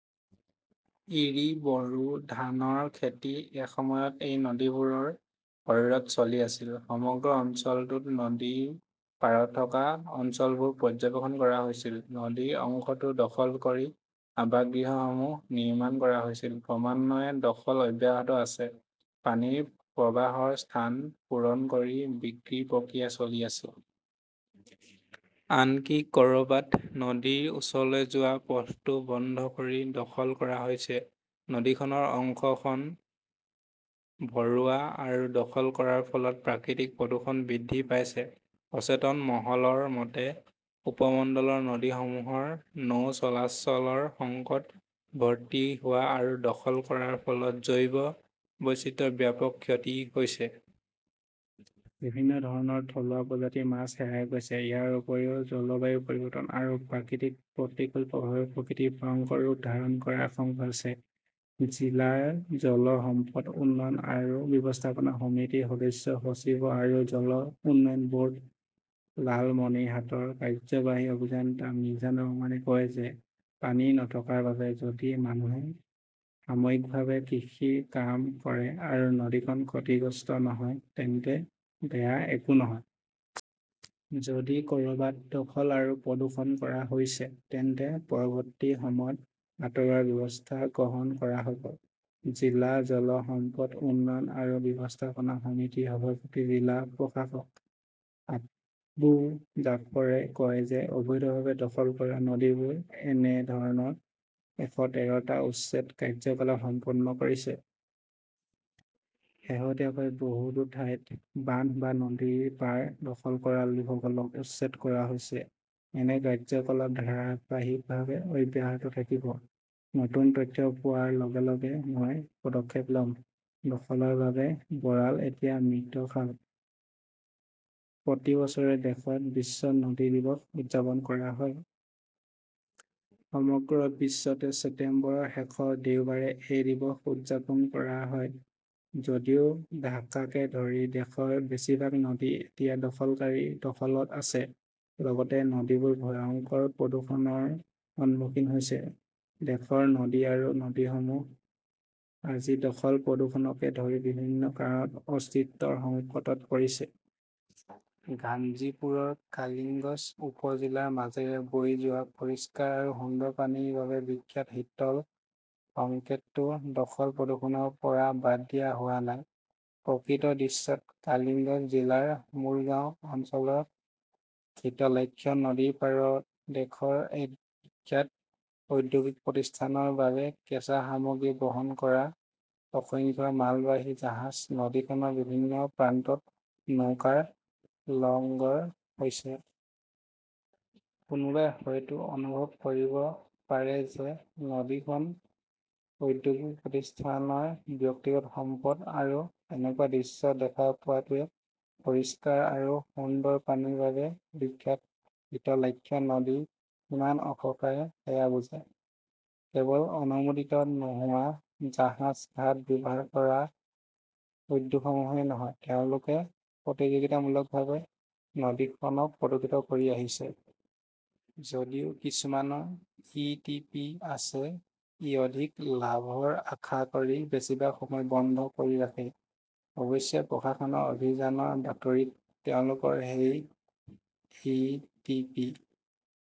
ইৰি-বৰো ধানৰ খেতি এসময়ত এই নদীবোৰৰ শৰীৰত চলি আছিল। সমগ্ৰ অঞ্চলটোত নদীৰ পাৰত থকা অঞ্চলবোৰ পৰ্যবেক্ষণ কৰা হৈছিল, নদীৰ অংশটো দখল কৰি আৱাসগৃহসমূহ নিৰ্মাণ কৰা হৈছিল। ক্ৰমান্বয়ে দখল অব্যাহত আছে। পানীৰ প্ৰবাহৰ স্থান পূৰণ কৰি বিক্ৰী প্ৰক্ৰিয়া চলি আছে। আনকি ক'ৰবাত নদীৰ ওচৰলৈ যোৱা পথটোও বন্ধ কৰি দখল কৰা হৈছে। নদীখনৰ অংশখন ভৰোৱা আৰু দখল কৰাৰ ফলত প্ৰাকৃতিক প্ৰদূষণ বৃদ্ধি পাইছে। সচেতন মহলৰ মতে, উপমণ্ডলৰ নদীসমূহৰ নৌ চলাচলৰ সংকট, ভৰ্তি হোৱা আৰু দখল কৰাৰ ফলত জৈৱ বৈচিত্ৰ্যৰ ব্যাপক ক্ষতি হৈছে। বিভিন্ন ধৰণৰ থলুৱা প্ৰজাতিৰ মাছ হেৰাই গৈছে। ইয়াৰ উপৰিও জলবায়ু পৰিৱৰ্তন আৰু প্ৰাকৃতিক প্ৰতিকূল প্ৰভাৱে প্ৰকৃতিৰ ভয়ংকৰ ৰূপ ধাৰণ কৰাৰ আশংকা আছে। জিলাৰ জল সম্পদ উন্নয়ন আৰু ব্যৱস্থাপনা সমিতিৰ সদস্য সচিব আৰু জল উন্নয়ন ব'ৰ্ড লালমনিৰহাটৰ কাৰ্যবাহী অভিযন্তা মিজান ৰহমানে কয় যে পানী নথকাৰ বাবে যদি মানুহে সাময়িকভাৱে কৃষিৰ কাম কৰে আৰু নদীখন ক্ষতিগ্ৰস্ত নহয় তেন্তে বেয়া একো নহয়। যদি ক'ৰবাত দখল আৰু প্ৰদূষণ কৰা হৈছে তেন্তে পৰৱৰ্তী সময়ত আঁতৰোৱাৰ ব্যৱস্থা গ্ৰহণ কৰা হব। জিলা জল সম্পদ উন্নয়ন আৰু ব্যৱস্থাপনা সমিতিৰ সভাপতি জিলা প্ৰশাসক আবু জাফৰে কয় যে অবৈধভাৱে দখল কৰা নদীবোৰে এনে ধৰণৰ "এশ তেৰ টা" উচ্ছেদ কাৰ্যকলাপ সম্পন্ন কৰিছে। শেহতীয়াকৈ বহুতো ঠাইত বান্ধ বা নদীৰ পাৰ দখল কৰা লোকসকলক উচ্ছেদ কৰা হৈছে। এনে কাৰ্যকলাপ ধাৰাবাহিকভাৱে অব্যাহত থাকিব। নতুন তথ্য পোৱাৰ লগে লগে মই পদক্ষেপ লম। দখলৰ বাবে বৰাল এতিয়া মৃত খাল। প্ৰতি বছৰে দেশত বিশ্ব নদী দিৱস উদযাপন কৰা হয়। সমগ্ৰ বিশ্বতে ছেপ্টেম্বৰৰ শেষৰ দেওবাৰে এই দিৱস উদযাপন কৰা হয় যদিও ঢাকাকে ধৰি দেশৰ বেছিভাগ নদী এতিয়া দখলকাৰীৰ দখলত আছে। লগতে নদীবোৰ ভয়ংকৰ প্ৰদূষণৰ সন্মুখীন হৈছে । দেশৰ নদী আৰু নদীসমূহ আজি দখল-প্ৰদূষণকে ধৰি বিভিন্ন কাৰণত অস্তিত্বৰ সংকটত পৰিছে। গাজীপুৰৰ কালিগঞ্জ উপ-জিলাৰ মাজেৰে বৈ যোৱা পৰিষ্কাৰ আৰু সুন্দৰ পানীৰ বাবে বিখ্যাত শীতল সংকেতটো দখল-প্ৰদূষণৰ পৰা বাদ দিয়া হোৱা নাই। প্ৰকৃত দৃশ্যত, কালিগঞ্জ জিলাৰ মূলগাঁও অঞ্চলৰ শীতলাক্ষ্যা নদীৰ পাৰত দেশৰ এক বিখ্যাত ঔদ্যোগিক প্ৰতিষ্ঠানৰ বাবে কেঁচা সামগ্ৰী বহন কৰা অসংখ্য মালবাহী জাহাজ নদীখনৰ বিভিন্ন প্ৰান্তত নৌকাৰ লঙ্গৰ হৈছে। কোনোবাই হয়তো অনুভৱ কৰিব পাৰে যে নদীখন ঔদ্যোগিক প্ৰতিষ্ঠানৰ ব্যক্তিগত সম্পদ আৰু এনেকুৱা দৃশ্য দেখা পোৱাটোৱে পৰিষ্কাৰ আৰু সুন্দৰ পানীৰ বাবে বিখ্যাত শীতলাক্ষ্যা নদী কিমান অসহায় সেয়া বুজাই। কেৱল অনুমোদিত নোহোৱা জাহাজ ঘাট ব্যৱহাৰ কৰা উদ্যোগসমূহেই নহয়, তেওঁলোকে প্ৰতিযোগিতামূলকভাৱে নদীখনক প্ৰদূষিত কৰি আহিছে। যদিও কিছুমানৰ ই. টি. পি. আছে, ই অধিক লাভৰ আশা কৰি বেছিভাগ সময় বন্ধ কৰি ৰাখে। অৱশ্যে, প্ৰশাসনৰ অভিযানৰ বাতৰিত তেওঁলোকৰ সেই ই.টি. পি.